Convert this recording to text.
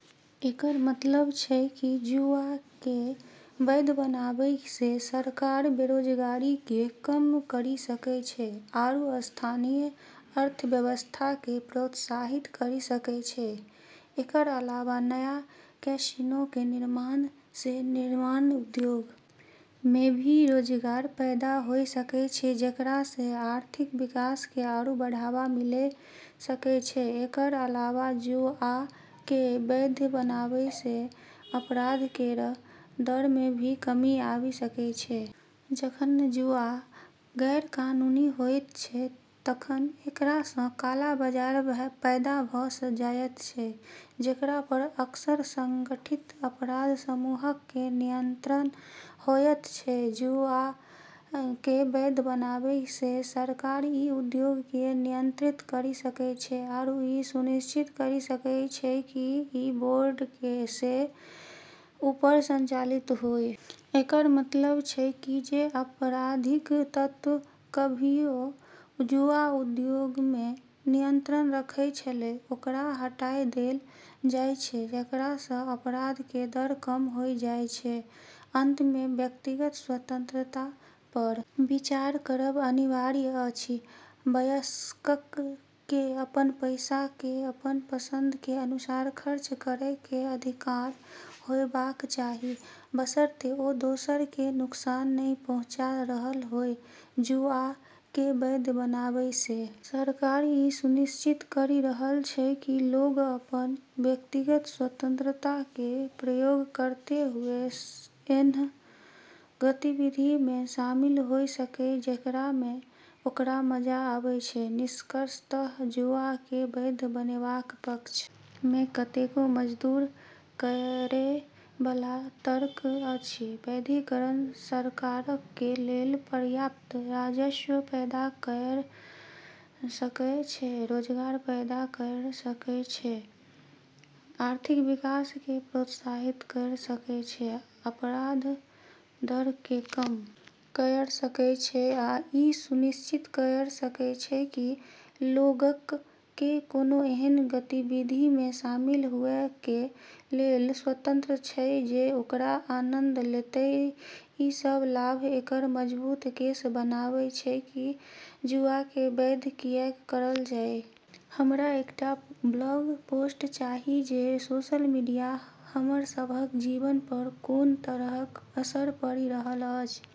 एकरऽ मतलब छै कि जुआ के वैध बनाबै से सरकार बेरोजगारी के कम करी सकै छै आरू स्थानीय अर्थव्यवस्था के प्रोत्साहित करी सकै छै, एकरऽ अलावा नया कैसिनो के निर्माण से निर्माण उद्योग मे भी रोजगार पैदा होय सकै छै जेकरा से आर्थिक विकास के आरू बढ़ावा मिले सकै छै, एकरऽ अलावा जुआ के वैध बनाबै से अपराध केरऽ दर मे भी कमी आबी सकै छै जखन जुआ गैरकानूनी होयत छै तखन एकरा सं काला बाजार पैदा भ जायत छै जेकरा पर अक्सर संगठित अपराध समूहक कें नियंत्रण होयत छै, जुआ के वैध बनाबै से सरकार ई उद्योग के नियंत्रित करी सकै छै आरू ई सुनिश्चित करी सकै छै कि ई बोर्ड से ऊपर संचालित होय। एकरऽ मतलब छै कि जे आपराधिक तत्व कभियो जुआ उद्योग पे नियंत्रण रखै छेलै ओकरा हटाय देलऽ जाय छै जेकरा से अपराध के दर कम होय जाय छै। अंत मे व्यक्तिगत स्वतंत्रता पर विचार करब अनिवार्य अछि, वयस्कक कें अपन पैसा कें अपन पसंद कें अनुसार खर्च करय कें अधिकार होबाक चाही, बशर्ते ओ दोसर कें नुकसान नहि पहुंचा रहल होय, जुआ के वैध बनाबै से सरकार ई सुनिश्चित करी रहलऽ छै कि लोग अपनऽ व्यक्तिगत स्वतंत्रता के प्रयोग करतें हुए ऐन्हऽ गतिविधि मे शामिल होय सके जेकरा मे ओकरा मजा आबै छै, निष्कर्षतः जुआ के वैध बनेबाक पक्ष में कतेको मजबूर करय बला तर्क अछि, वैधीकरण सरकारक कें लेल पर्याप्त राजस्व पैदा कयर सकय छै, रोजगार पैदा कयर सकय छै, आर्थिक विकास कें प्रोत्साहित कयर सकय छै, अपराध दर कें कम कयर सकय छै आ इ सुनिश्चित करय सकय छै की लोगक कें कोनों एहन गतिविधि मे शामिल हुअ कें लेल स्वतंत्र छै जे ओकरा आनंद लेतय, ई सब लाभ एकरऽ मजबूत केस बनाबै छै कि जुआ के वैध कियैक करलऽ जाय। हमरा एकटा ब्लॉग पोस्ट चाही जे सोशल मीडिया हमर सभक जीवन पर कोन तरहक असर पड़ि रहल अछि।